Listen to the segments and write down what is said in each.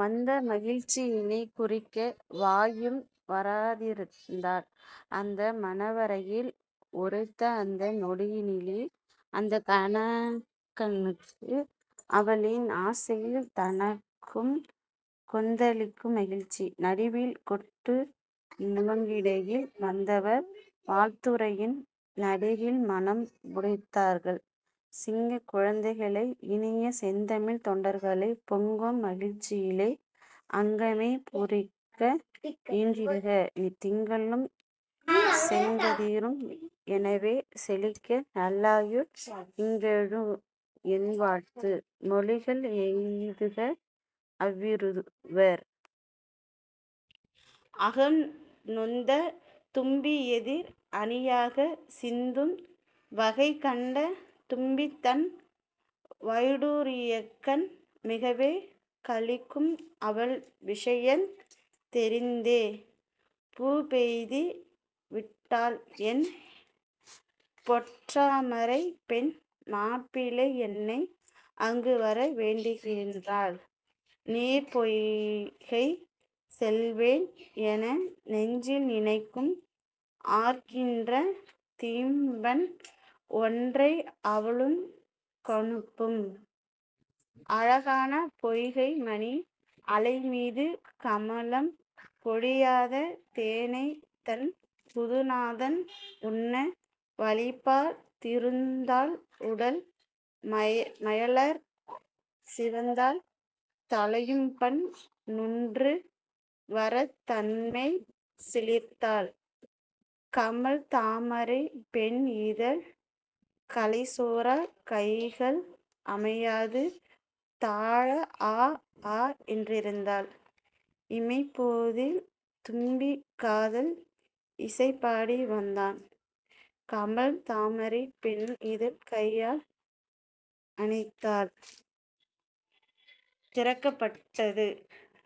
வந்த மகிழ்ச்சியினைக்--குறிக்க வாயும் வராதிருந்தாள். அந்த மணவறையில்--உரைத்த அந்த நொடியினிலே அந்தக் கணக்கனுக்கும்--அவனின் ஆசைமயில் தனக்கும் கொந்தளிக்கும் மகிழ்ச்சி--நடுவில் கொட்டு முழக்கிடையில் வந்தவர் வாழ்த்துரையின்--நடுவில் மணம் முடித்தார்கள். 'சிங்கக் குழந்தைகளை--இனிய செந்தமிழ்த் தொண்டர்களைப் பொங்கும் மகிழ்ச்சியிலே--அங்கமே பூரிக்க ஈன்றிடுக. திங்களும் செங்கதிரும்--எனவே செழிக்க நல்லாயுள்' இங்கெழும் என்வாழ்த்து--மொழிகள் எய்துக அவ்விருவர்! அகம் நொந்த தும்பி எதிர் அணியாகச் சிந்தும்! வகை கண்ட தும்பி தன் வயிடூரியக்கண் மிகவே களிக்கும் அவள் விஷயந் தெரிந்தே! 'பூப்பெய்தி விட்டாள்என் பொற்றாமரைப் பெண் மாப்பிள்ளை என்னை அங்கு வர வேண்டுகின்றாள் நீர்ப்பொய்கை செல்வேன்' என நெஞ்சில் நினைக்கும்; ஆர்க்கின்ற தீம்பண் ஒன்றை அவளுக் கனுப்பும்! அழகான பொய்கை மணி அலைமீது கமலம் பொழியாத தேனைத் தன் புதுநாதன் உண்ண வழிபார்த் திருந்தாள் உடல் மயலாற் சிவந்தாள்! தழையும்பண் ணொன்று வரத் தன்மெய் சிலிர்த்தாள். கமழ் தாமரைப் பெண் இதழ்க் கலைசோரக் கைகள் அமையாது தாழ ஆ! ஆ!! என்றிருந்தாள். இமைப்போதில் தும்பி காதல் இசை பாடி வந்தான் கமழ் தாமரைப் பெண் இதழ்க் கையால் அணைத்தாள். திறக்கப் பட்டது;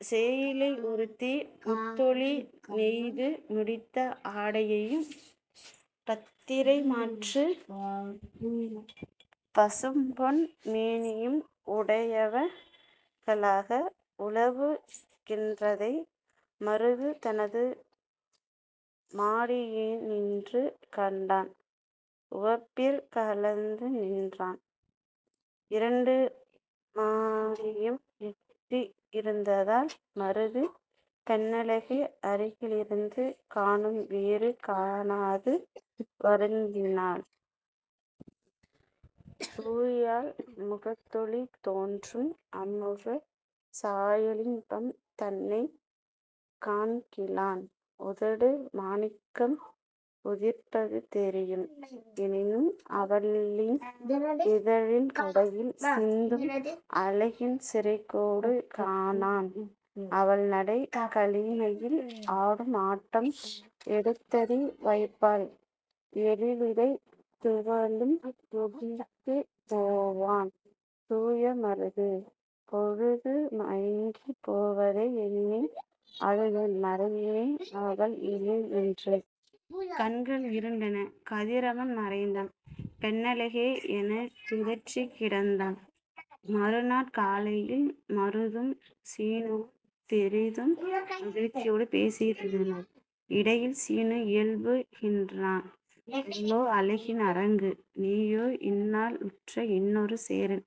சேயிழை ஒருத்தி, முத்தொளி நெய்து முடித்த ஆடையும், பத்தரை மாற்றுப் பசும்பொன் மேனியும் உடையவ ளாக உலவு கின்றதை 'மருது' தனது மாடியி னின்று கண்டான்; உவப்பிற் கலந்து நின்றான்! இரண்டு மாடியும் எட்டி இருந்ததால் மருது, பெண்ணழகை அருகி லிருந்து காணும் பேறு காணாது வருந்தினான்! தூயாள் முகத்தொளி தோன்றும்; அம்முகச் சாயலின்பம் தன்னைக் காண்கிலான்! உதடு மாணிக்கம் உதிர்ப்பது தெரியும்; எனினும் அவளின் இதழின் கடையில் சிந்தும் அழகின் சிறுகோடு காணான்! அவள்நடை, களிமயில் ஆடும் ஆட்டம்! எடுத்தடி வைப்பாள், எழிலிடை துவளும்; துடித்துப் போவான் தூய மருது! பொழுது மங்கிப் போவதை எண்ணி அழுதான் மறையுமே அவள் எழில்என்று! கண்கள் இருண்டன! கதிரவன் மறைந்தான்! பெண்ணழகே எனப் பிதற்றிக் கிடந்தான். மறுநாட் காலையில் மருதும் சீனுவும் பெரிதும் மகிழ்ச்சியடு பேசி யிருந்தனர். இடையில் சீனு இயம்பு கின்றான்: 'அவளோ அழகின் அரங்கு! நீயோ இந்நாள் உற்ற இன்னொரு சேரன்;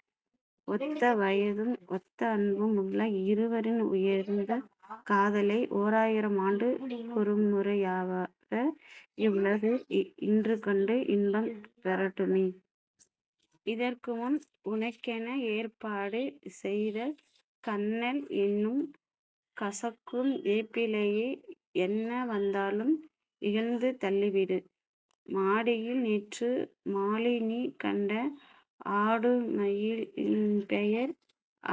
ஒத்த வயதும், ஒத்த அன்பும், உள்ள இருவரின் உயர்ந்த காதலை ஓராயிரம் ஆண்டுக் கொருமுறை யாக இவ்வுலகு இன்றுகண்டு இன்பம் பெறட்டுமே! இதற்குமுன் உனக்கென ஏற்பாடு செய்த 'கன்னல்' என்னும் கசக்கும் வேப்பிலையை என்ன வந்தாலும் இகழ்ந்து தள்ளிவிடு! மாடியில், நேற்று மாலைநீ கண்ட ஆடுமயி லின்பெயர்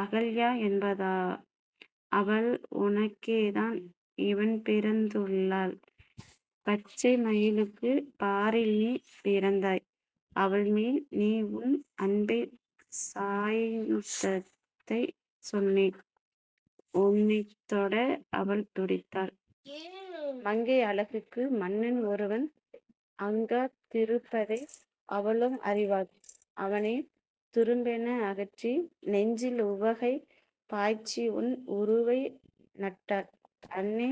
அகல்யா என்பதாம், அவள் உனக்கேதான் இவண்பிறந் துள்ளாள்; பச்சை மயிலுக்குப் பாரில்நீ பிறந்தாய்; அவள்மேல் நீஉன் அன்பைச் சாய்த்ததைச் சொன்னேன்; உன்னைத்தொட அவள் துடித்தாள். மங்கை அழகுக்கு மன்னன் ஒருவன் அங்காந் திருப்பதை அவளும் அறிவாள்; அவனைத் துரும்பென அகற்றி, நெஞ்சில் உவகை பாய்ச்சிஉன் உருவை நட்டாள்! அன்னை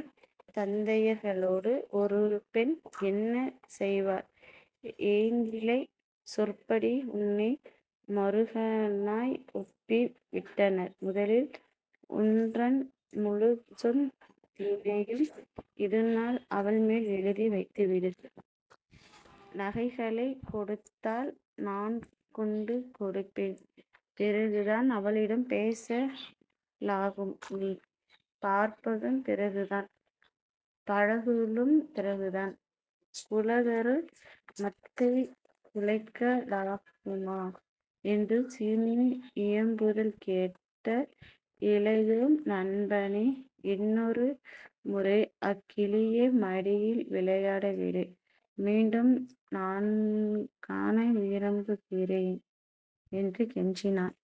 தந்தையர்க் கவளோ ஒருபெண், என்ன செய்வார்? ஏந்திழை சொற்படி உன்னை மருகனாய் ஒப்பி விட்டனர். முதலில் உன்றன் முழுச்சொத் தினையும் இதுநாள் அவள்மேல் எழுதி வைத்துவிடு! நகைகளைக் கொடுத்தால் நான்கொண்டு கொடுப்பேன். பிறகுதான் அவளிடம் பேச லாகும்நீ! பார்ப்பதும் பிறகுதான்! பழகலும் பிறகுதான்! குலதரு மத்தைக் குலைக்க லாகுமா? என்று சீனு இயம்புதல் கேட்ட இளையோன் 'நண்பனே இன்னொரு முறைஅக் கிளியை மாடியில் விளையாட விடு; மீண்டும் நான்காண விரும்பு கின்றேன். ' என்று கெஞ்சினான்!